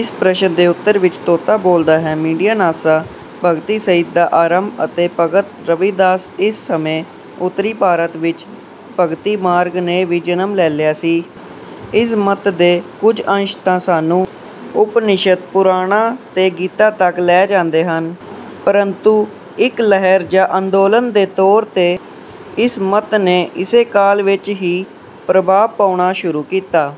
ਇਸ ਪ੍ਰਸ਼ਨ ਦੇ ਉੱਤਰ ਵਿੱਚ ਤੋਤਾ ਬੋਲਦਾ ਹੈ ਮਿੱਡੀਆਂ ਨਾਸਾ। ਭਗਤੀ ਸਾਹਿਤ ਦਾ ਆਰੰਭ ਅਤੇ ਭਗਤ ਰਵੀਦਾਸ ਇਸ ਸਮੇਂ ਉੱਤਰੀ ਭਾਰਤ ਵਿੱਚ ਭਗਤੀ ਮਾਰਗ ਨੇ ਵੀ ਜਨਮ ਲੈ ਲਿਆ ਸੀ। ਇਸ ਮੱਤ ਦੇ ਕੁਝ ਅੰਸ਼ ਤਾਂ ਸਾਨੂੰ ਉਪਨਿਸ਼ਦ ਪੁਰਾਣਾਂ ਤੇ ਗੀਤਾ ਤੱਕ ਲੈ ਜਾਂਦੇ ਹਨ ਪ੍ਰਤੂੰ ਇੱਕ ਲਹਿਰ ਜਾਂ ਅੰਦੋਲਨ ਦੇ ਤੌਰ ਤੇ ਇਸ ਮੱਤ ਨੇ ਇਸੇ ਕਾਲ ਵਿੱਚ ਹੀ ਪ੍ਰਭਾਵ ਪਾਉਣਾ ਸ਼ੁਰੂ ਕੀਤਾ।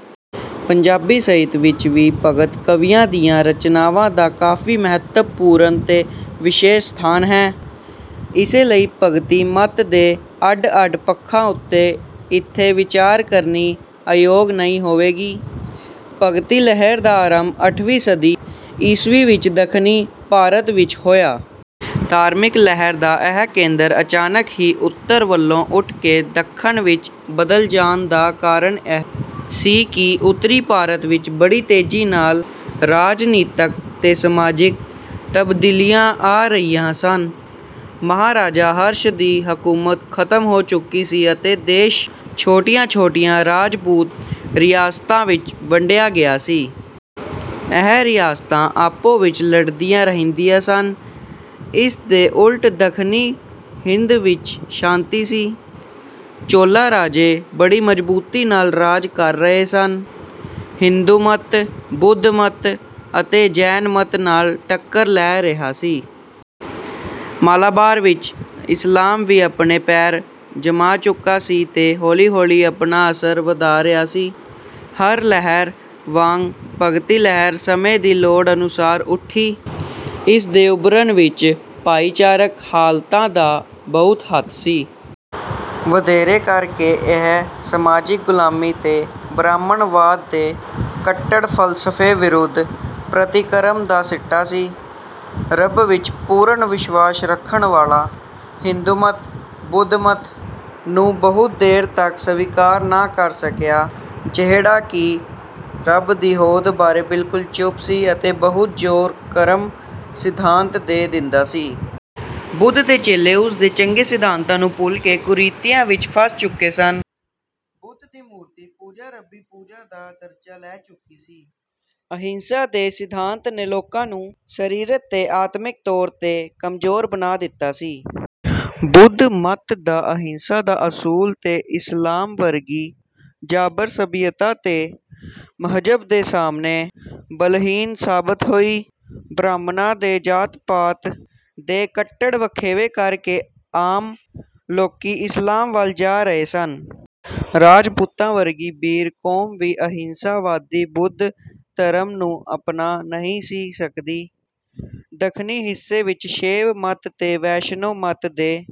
ਪੰਜਾਬੀ ਸਾਹਿਤ ਵਿੱਚ ਵੀ ਭਗਤ ਕਵੀਆਂ ਦੀਆਂ ਰਚਨਾਵਾਂ ਦਾ ਕਾਫ਼ੀ ਮਹੱਤਵਪੂਰਨ ਤੇ ਵਿਸ਼ੇਸ਼ ਸਥਾਨ ਹੈ। ਇਸੇ ਲਈ ਭਗਤੀ ਮੱਤ ਦੇ ਅੱਡ ਅੱਡ ਪੱਖਾਂ ਉੱਤੇ ਇੱਥੇ ਵਿਚਾਰ ਕਰਨੀ ਅਯੋਗ ਨਹੀਂ ਹੋਵੇਗੀ। ਭਗਤੀ ਲਹਿਰ ਦਾ ਆਰੰਭ ਅੱਠਵੀਂ ਸਦੀ ਈਸਵੀ ਵਿੱਚ ਦੱਖਣੀ ਭਾਰਤ ਵਿੱਚ ਹੋਇਆ। ਧਾਰਮਿਕ ਲਹਿਰ ਦਾ ਇਹ ਕੇਂਦਰ ਅਚਾਨਕ ਹੀ ਉੱਤਰ ਵੱਲੋਂ ਉੱਠਕੇ ਦੱਖਣ ਵਿੱਚ ਬਦਲ ਜਾਣ ਦਾ ਕਾਰਨ ਇਹ ਸੀ ਕਿ ਉੱਤਰੀ ਭਾਰਤ ਵਿੱਚ ਬੜੀ ਤੇਜ਼ੀ ਨਾਲ ਰਾਜਨੀਤਕ ਤੇ ਸਮਾਜਿਕ ਤਬਦੀਲੀਆਂ ਆ ਰਹੀਆਂ ਸਨ। ਮਹਾਰਾਜਾ ਹਰਸ਼ ਦੀ ਹਕੂਮਤ ਖ਼ਤਮ ਹੋ ਚੁੱਕੀ ਸੀ ਅਤੇ ਦੇਸ਼ ਛੋਟੀਆਂ ਛੋਟੀਆਂ ਰਾਜਪੂਤ ਰਿਆਸਤਾਂ ਵਿੱਚ ਵੰਡਿਆ ਗਿਆ ਸੀ। ਇਹ ਰਿਆਸਤਾਂ ਆਪੋ ਵਿੱਚ ਲੜਦੀਆਂ ਰਹਿੰਦੀਆਂ ਸਨ। ਇਸ ਦੇ ਉਲਟ ਦੱਖਣੀ ਹਿੰਦ ਵਿੱਚ ਸ਼ਾਂਤੀ ਸੀ। ਚੋਲਾ ਰਾਜੇ ਬੜੀ ਮਜ਼ਬੂਤੀ ਨਾਲ ਰਾਜ ਕਰ ਰਹੇ ਸਨ। ਹਿੰਦੂ ਮੱਤ ਬੁੱਧ ਮੱਤ ਅਤੇ ਜੈਨ ਮੱਤ ਨਾਲ ਟੱਕਰ ਲੈ ਰਿਹਾ ਸੀ। ਮਾਲਾਬਾਰ ਵਿੱਚ ਇਸਲਾਮ ਵੀ ਆਪਣੇ ਪੈਰ ਜਮਾ ਚੁੱਕਾ ਸੀ ਤੇ ਹੌਲੀ ਹੌਲੀ ਆਪਣਾ ਅਸਰ ਵਧਾ ਰਿਹਾ ਸੀ। ਹਰ ਲਹਿਰ ਵਾਂਗ ਭਗਤੀ ਲਹਿਰ ਸਮੇਂ ਦੀ ਲੋੜ ਅਨੁਸਾਰ ਉੱਠੀ। ਇਸ ਦੇ ਉਭਰਨ ਵਿੱਚ ਭਾਈਚਾਰਕ ਹਾਲਤਾਂ ਦਾ ਬਹੁਤ ਹੱਥ ਸੀ। ਵਧੇਰੇ ਕਰ ਕੇ ਇਹ ਸਮਾਜਿਕ ਗ਼ੁਲਾਮੀ ਤੇ ਬ੍ਰਾਹਮਣਵਾਦ ਦੇ ਕੱਟੜ ਫ਼ਲਸਫੇ ਵਿਰੁੱਧ ਪ੍ਰਤੀਕਰਮ ਦਾ ਸਿੱਟਾ ਸੀ। ਰੱਬ ਵਿੱਚ ਪੂਰਨ ਵਿਸ਼ਵਾਸ ਰੱਖਣ ਵਾਲਾ ਹਿੰਦੂ ਮੱਤ ਬੁੱਧ ਮੱਤ ਨੂੰ ਬਹੁਤ ਦੇਰ ਤੱਕ ਸਵੀਕਾਰ ਨਾ ਕਰ ਸਕਿਆ ਜਿਹੜਾ ਕਿ ਰੱਬ ਦੀ ਹੋਂਦ ਬਾਰੇ ਬਿਲਕੁਲ ਚੁੱਪ ਸੀ ਅਤੇ ਬਹੁਤ ਜ਼ੋਰ ਕਰਮ ਸਿਧਾਂਤ ਤੇ ਦਿੰਦਾ ਸੀ। ਬੁੱਧ ਦੇ ਚੇਲੇ ਉਸ ਦੇ ਚੰਗੇ ਸਿਧਾਂਤਾਂ ਨੂੰ ਭੁੱਲਕੇ ਕੁਰੀਤੀਆਂ ਵਿੱਚ ਫਸ ਚੁੱਕੇ ਸਨ। ਬੁੱਧ ਦੀ ਮੂਰਤੀ ਪੂਜਾ ਰੱਬੀ ਪੂਜਾ ਦਾ ਦਰਜਾ ਲੈ ਚੁੱਕੀ ਸੀ। ਅਹਿੰਸਾ ਦੇ ਸਿਧਾਂਤ ਨੇ ਲੋਕਾਂ ਨੂੰ ਸਰੀਰਕ ਤੇ ਆਤਮਿਕ ਤੌਰ ਤੇ ਕਮਜ਼ੋਰ ਬਣਾ ਦਿੱਤਾ ਸੀ। ਬੁੱਧ ਮੱਤ ਦਾ ਅਹਿੰਸਾ ਦਾ ਅਸੂਲ ਤੇ ਇਸਲਾਮ ਵਰਗੀ ਜਾਬਰ ਸੱਭਿਅਤਾ ਤੇ ਮਜ਼੍ਹਬ ਦੇ ਸਾਹਮਣੇ ਬਲਹੀਣ ਸਾਬਤ ਹੋਈ। ਬ੍ਰਾਹਮਣਾਂ ਦੇ ਜਾਤ ਪਾਤ ਦੇ ਕੱਟੜ ਵਖੇਵੇਂ ਕਰ ਕੇ ਆਮ ਲੋਕੀ ਇਸਲਾਮ ਵੱਲ ਜਾ ਰਹੇ ਸਨ। ਰਾਜਪੂਤਾਂ ਵਰਗੀ ਬੀਰ ਕੌਮ ਵੀ ਅਹਿੰਸਾ ਵਾਦੀ ਬੁੱਧ ਧਰਮ ਨੂੰ ਅਪਣਾ ਨਹੀਂ ਸੀ ਸਕਦੀ। ਦੱਖਣੀ ਹਿੱਸੇ ਵਿੱਚ ਸ਼ੈਵ ਮੱਤ ਤੇ ਵੈਸ਼ਨੂੰ ਮੱਤ ਦੇ